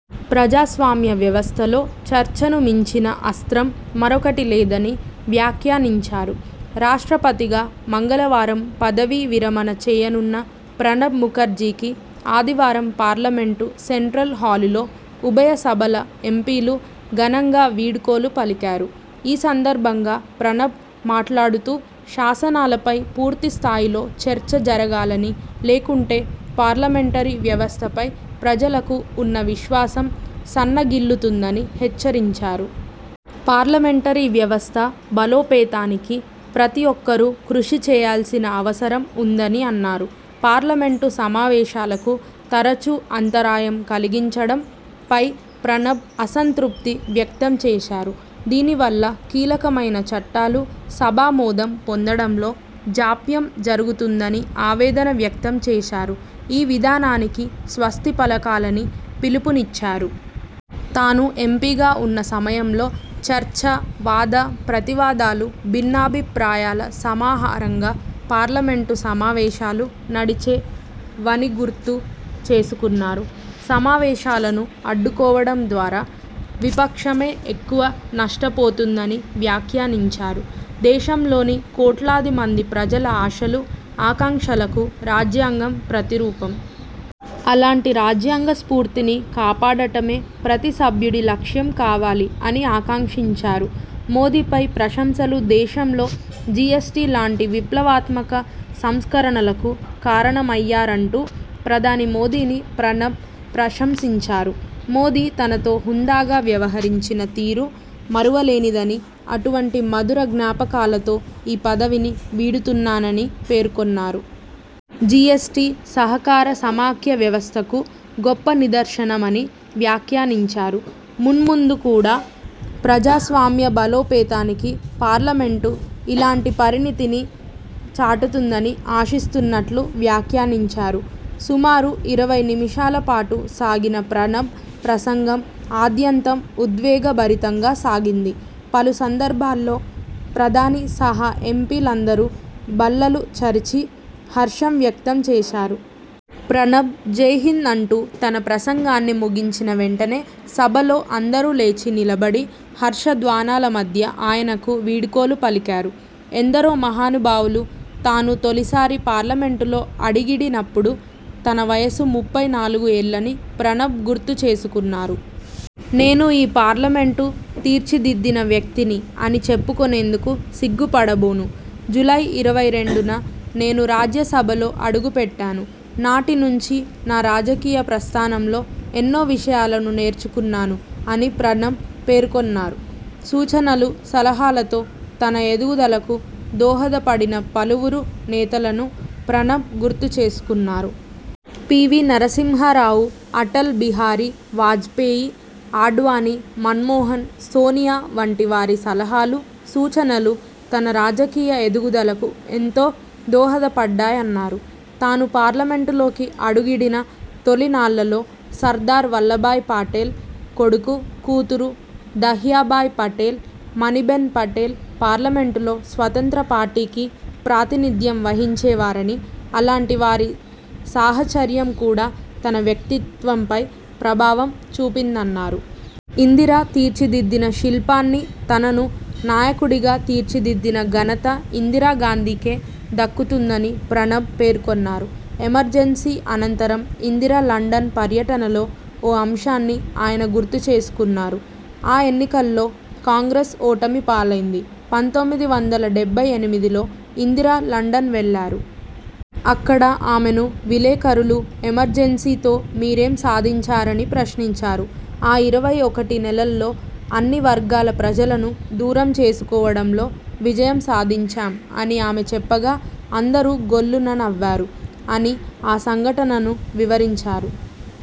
ప్రజాస్వామ్య వ్యవస్థలో చర్చను మించిన అస్త్రం మరొకటి లేదని వ్యాఖ్యానించారు. రాష్ట్రపతిగా మంగళవారం పదవీ విరమణ చేయనున్న ప్రణబ్ ముఖర్జీకి ఆదివారం పార్లమెంటు సెంట్రల్ హాలులో ఉభయ సభల ఎంపీలు ఘనంగా వీడ్కోలు పలికారు. ఈ సందర్భంగా ప్రణబ్ మాట్లాడుతూ, శాసనాలపై పూర్తి స్థాయిలో చర్చ జరగాలని, లేకుంటే పార్లమెంటరీ వ్యవస్థ పై ప్రజలకు ఉన్న విశ్వాసం సన్న గిల్లుతుందని హెచ్చరించారు. పార్లమెంటరీ వ్యవస్థ బలోపేతానికి ప్రతి ఒక్కరూ కృషి చేయాల్సిన అవసరం ఉందని అన్నారు. పార్లమెంటు సమావేశాలకు తరచూ అంతరాయం కలిగించడం పై ప్రణబ్ అసంతృప్తి వ్యక్తం చేశారు. దీని వల్ల కీలకమైన చట్టాలు సభా మోదం పొందడంలో జాప్యం జరుగుతుందని ఆవేదన వ్యక్తం చేశారు. ఈ విధానానికి స్వస్తి పలకాలని పిలుపు నిచ్చారు. తాను ఎంపీగా ఉన్న సమయంలో, చర్చ, వాద ప్రతివాదాలు, భిన్నాభి ప్రాయాల సమాహారంగా పార్లమెంటు సమావేశాలు నడిచే వని గుర్తు చేసుకున్నారు. సమావేశాలను అడ్డుకోవడం ద్వారా విపక్షమే ఎక్కువ నష్ట పోతుందని వ్యాఖ్యానించారు. దేశం లోని కోట్లాది మంది ప్రజల ఆశలు, ఆకాంక్షలకు రాజ్యాంగం ప్రతి రూపం. అలాంటి రాజ్యాంగ స్ఫూర్తిని కాపాడటమే ప్రతి సభ్యుడి లక్ష్యం కావాలి అని ఆకాంక్షించారు. మోదీపై ప్రశంసలు దేశంలో జీఎస్టీ లాంటి విప్లవాత్మక సంస్కరణలకు కారణ మయ్యారంటూ ప్రధాని మోదీని ప్రణబ్ ప్రశంసించారు. మోదీ తనతో హుందాగా వ్యవహరించిన తీరు మరువ లేనిదని, అటువంటి మధుర జ్ఞాపకాలతో ఈ పదవిని వీడుతున్నాని పేర్కొన్నారు. జీఎస్టీ, సహకార సమాఖ్య వ్యవస్థకు గొప్ప నిదర్శన మని వ్యాఖ్యానించారు. మున్ముందు కూడా ప్రజాస్వామ్య బలోపేతానికి పార్లమెంటు ఇలాంటి పరిణితిని చాటుతుందని ఆశిస్తున్నట్లు వ్యాఖ్యానించారు. సుమారు ఇరవై నిమిషాల పాటు సాగిన ప్రణబ్ ప్రసంగం ఆద్యంతం ఉద్వేగ భరితంగా సాగింది. పలు సందర్భాల్లో ప్రధాని సహా ఎంపీ లందరూ బల్లలు చరిచి హర్షం వ్యక్తం చేశారు. ప్రణబ్.. జై హింద్ అంటూ తన ప్రసంగాన్ని ముగించిన వెంటనే సభలో అందరూ లేచి నిలబడి హర్ష ధ్వానాల మధ్య ఆయనకు వీడ్కోలు పలికారు. ఎందరో మహానుభావులు, తాను తొలిసారి పార్లమెంటులో అడిగిడి నప్పుడు తన వయసు ముప్పై నాలుగు ఏళ్లని ప్రణబ్ గుర్తు చేసుకున్నారు. నేను ఈ పార్లమెంటు తీర్చిదిద్దిన వ్యక్తిని అని చెప్పుకొనేందుకు సిగ్గు పడబోను. జూలై ఇరవై రెండున నేను రాజ్య సభలో అడుగు పెట్టాను. నాటి నుంచి నా రాజకీయ ప్రస్థానంలో ఎన్నో విషయాలను నేర్చుకున్నాను అని ప్రణబ్ పేర్కొన్నారు. సూచనలు, సలహాలతో తన ఎదుగుదలకు దోహద పడిన పలువురు నేతలను ప్రణబ్ గుర్తు చేసుకున్నారు. పీవీ నరసింహరావు, అటల్ బిహారీ వాజ్పేయి, ఆడ్వాణీ, మన్మోహన్, సోనియా వంటి వారి సలహాలు, సూచనలు తన రాజకీయ ఎదుగుదలకు ఎంతో దోహద పడ్డాయన్నారు. తాను పార్లమెంటు లోకి అడుగిడిన తొలి నాళ్లలో, సర్దార్ వల్లభ్భాయ్ పటేల్ కొడుకు, కూతురు దహ్యాభాయ్ పటేల్, మణిబెన్ పటేల్ పార్లమెంటులో స్వత్రంత్ర పార్టీకి ప్రాతినిధ్యం వహించేవారని, అలాంటి వారి సాహచర్యం కూడా తన వ్యక్తిత్వం పై ప్రభావం చూపిందన్నారు. ఇందిర తీర్చిదిద్దిన శిల్పాన్నితనను నాయకుడిగా తీర్చిదిద్దిన ఘనత ఇందిరా గాంధీకే దక్కుతుందని ప్రణబ్ పేర్కొన్నారు. ఎమర్జెన్సీ అనంతరం ఇందిర లండన్ పర్యటనలో ఓ అంశాన్ని ఆయన గుర్తు చేసుకున్నారు. ఆ ఎన్నికల్లో కాంగ్రెస్ ఓటమి పాలైంది. పంతొమ్మిది వందల డెబ్బై ఎనిమిదిలో ఇందిర లండన్ వెళ్లారు. అక్కడ ఆమెను విలేకరులు, ఎమర్జెన్సీ తో మీరేం సాధించారని ప్రశ్నించారు. ఆ ఇరవై ఒకటి నెలల్లో అన్ని వర్గాల ప్రజలను దూరం చేసు కోవడంలో విజయం సాధించాం అని ఆమె చెప్పగా అందరూ గొల్లున నవ్వారు అని ఆ సంఘటనను వివరించారు.